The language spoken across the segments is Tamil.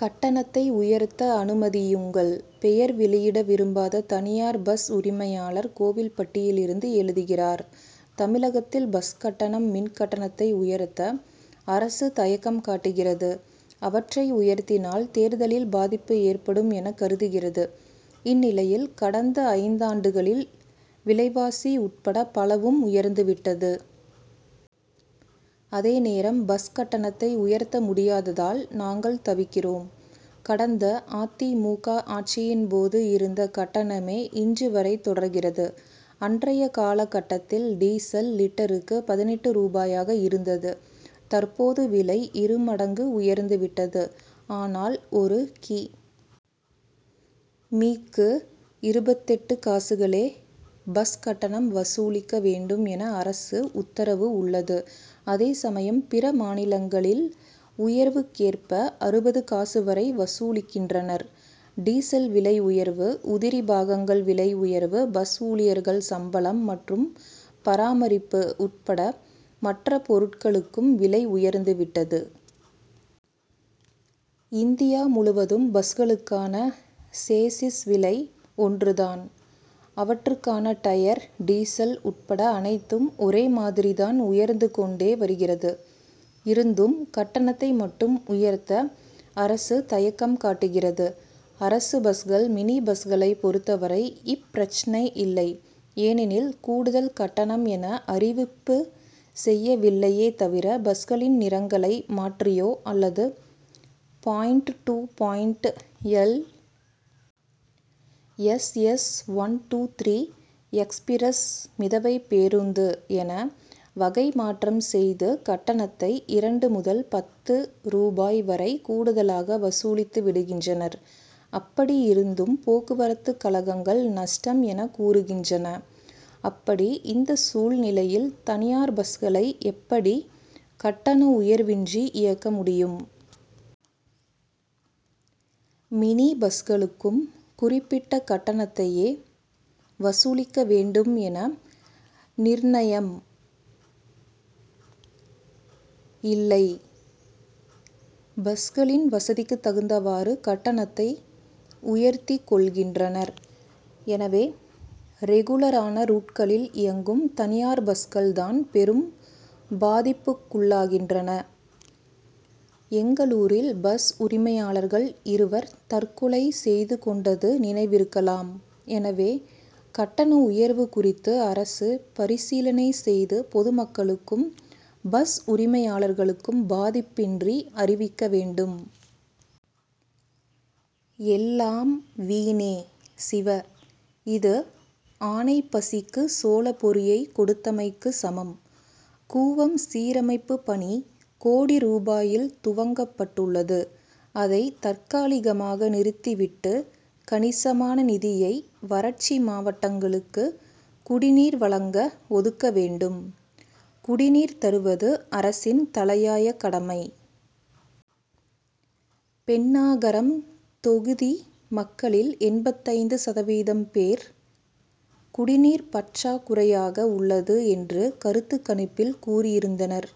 கட்டணத்தை உயர்த்த அனுமதியுங்கள்! பெயர் வெளியிட விரும்பாத தனியார் பஸ் உரிமையாளர் கோவில்பட்டியில் இருந்து எழுதுகிறார் தமிழகத்தில் பஸ் கட்டணம் மின் கட்டணத்தை உயர்த்த அரசு தயக்கம் காட்டுகிறது. அவற்றை உயர்த்தினால் தேர்தலில் பாதிப்பு ஏற்படும் என கருதுகிறது. இந்நிலையில் கடந்த ஐந்தாண்டுகளில் விலைவாசி உட்பட பலவும் உயர்ந்து விட்டது. அதேநேரம் பஸ் கட்டணத்தை உயர்த்த முடியாததால் நாங்கள் தவிக்கிறோம். கடந்த அ. தி. மு. க. ஆட்சியின் போது இருந்த கட்டணமே இன்று வரை தொடர்கிறது. அன்றைய காலகட்டத்தில் டீசல் லிட்டருக்கு பதினெட்டு ரூபாயாக இருந்தது. தற்போது விலை இருமடங்கு உயர்ந்து விட்டது. ஆனால் ஒரு கி. மீ.க்கு இருபத்தெட்டு காசுகளே பஸ் கட்டணம் வசூலிக்க வேண்டும் என அரசு உத்தரவு உள்ளது. அதேசமயம் பிற மாநிலங்களில் உயர்வுக் கேற்ப அறுபது காசு வரை வசூலிக்கின்றனர். டீசல் விலை உயர்வு உதிரிபாகங்கள் விலை உயர்வு பஸ் ஊழியர்கள் சம்பளம் மற்றும் பராமரிப்பு உட்பட மற்ற பொருட்களுக்கும் விலை உயர்ந்துவிட்டது. இந்தியா முழுவதும் பஸ்களுக்கான சேசிஸ் விலை ஒன்றுதான். அவற்றுக்கான டயர் டீசல் உட்பட அனைத்தும் ஒரே மாதிரிதான் உயர்ந்து கொண்டே வருகிறது. இருந்தும் கட்டணத்தை மட்டும் உயர்த்த அரசு தயக்கம் காட்டுகிறது. அரசு பஸ்கள் மினி பஸ்களை பொறுத்தவரை இப்பிரச்னை இல்லை. ஏனெனில் கூடுதல் கட்டணம் என அறிவிப்பு செய்யவில்லையே தவிர பஸ்களின் நிறங்களை மாற்றியோ அல்லது point to point L. S. S. One two three express மிதவை பேருந்து என வகை மாற்றம் செய்து கட்டணத்தை இரண்டு முதல் பத்து ரூபாய் வரை கூடுதலாக வசூலித்து விடுகின்றனர். அப்படியிருந்தும் போக்குவரத்துக் கழகங்கள் நஷ்டம் என கூறுகின்றன. அப்படி இந்த சூழ்நிலையில் தனியார் பஸ்களை எப்படி கட்டண உயர்வின்றி இயக்க முடியும்? மினி பஸ்களுக்கும் குறிப்பிட்ட கட்டணத்தையே வசூலிக்க வேண்டும் என நிர்ணயம் இல்லை. பஸ்களின் வசதிக்கு தகுந்தவாறு கட்டணத்தை உயர்த்திக் கொள்கின்றனர். எனவே ரெகுலரான ரூட்களில் இயங்கும் தனியார் பஸ்கள் தான் பெரும் பாதிப்புக்குள்ளாகின்றன. எங்களூரில் பஸ் உரிமையாளர்கள் இருவர் தற்கொலை செய்து கொண்டது நினைவிருக்கலாம். எனவே கட்டண உயர்வு குறித்து அரசு பரிசீலனை செய்து பொதுமக்களுக்கும் பஸ் உரிமையாளர்களுக்கும் பாதிப்பின்றி அறிவிக்க வேண்டும். எல்லாம் வீணே! சிவ. இது ஆனைப் பசிக்கு சோளப் பொரியைக் கொடுத்தமைக்குச் சமம். கூவம் சீரமைப்பு பணி கோடி ரூபாயில் துவங் கப்பட்டுள்ளது. அதை தற்காலிகமாக நிறுத்தி விட்டு கணிசமான நிதியை வறட்சி மாவட்டங்களுக்கு குடிநீர் வழங்க ஒதுக்க வேண்டும். குடிநீர் தருவது அரசின் தலையாய கடமை. பென்னாகரம் தொகுதி மக்களில் எண்பத்தைந்து சதவீதம் பேர் குடிநீர் பற்றாக்குறையாக உள்ளது என்று கருத்துக் கணிப்பில் கூறியிருந்தனர்.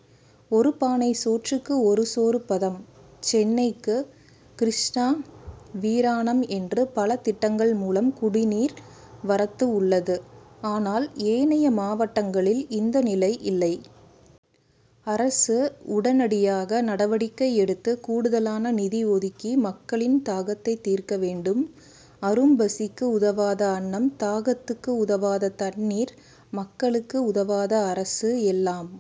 ஒரு பானை சோற்றுக்கு ஒரு சோறு பதம்! சென்னைக்கு கிருஷ்ணா வீராணம் என்று பல திட்டங்கள் மூலம் குடிநீர் வரத்து உள்ளது. ஆனால் ஏனைய மாவட்டங்களில் இந்த நிலை இல்லை. அரசு உடனடியாக நடவடிக்கை எடுத்து கூடுதலான நிதி ஒதுக்கி மக்களின் தாகத்தை தீர்க்க வேண்டும். அரும்பசிக்கு உதவாத அன்னம் தாகத்துக்கு உதவாத தண்ணீர் மக்களுக்கு உதவாத அரசு எல்லாம்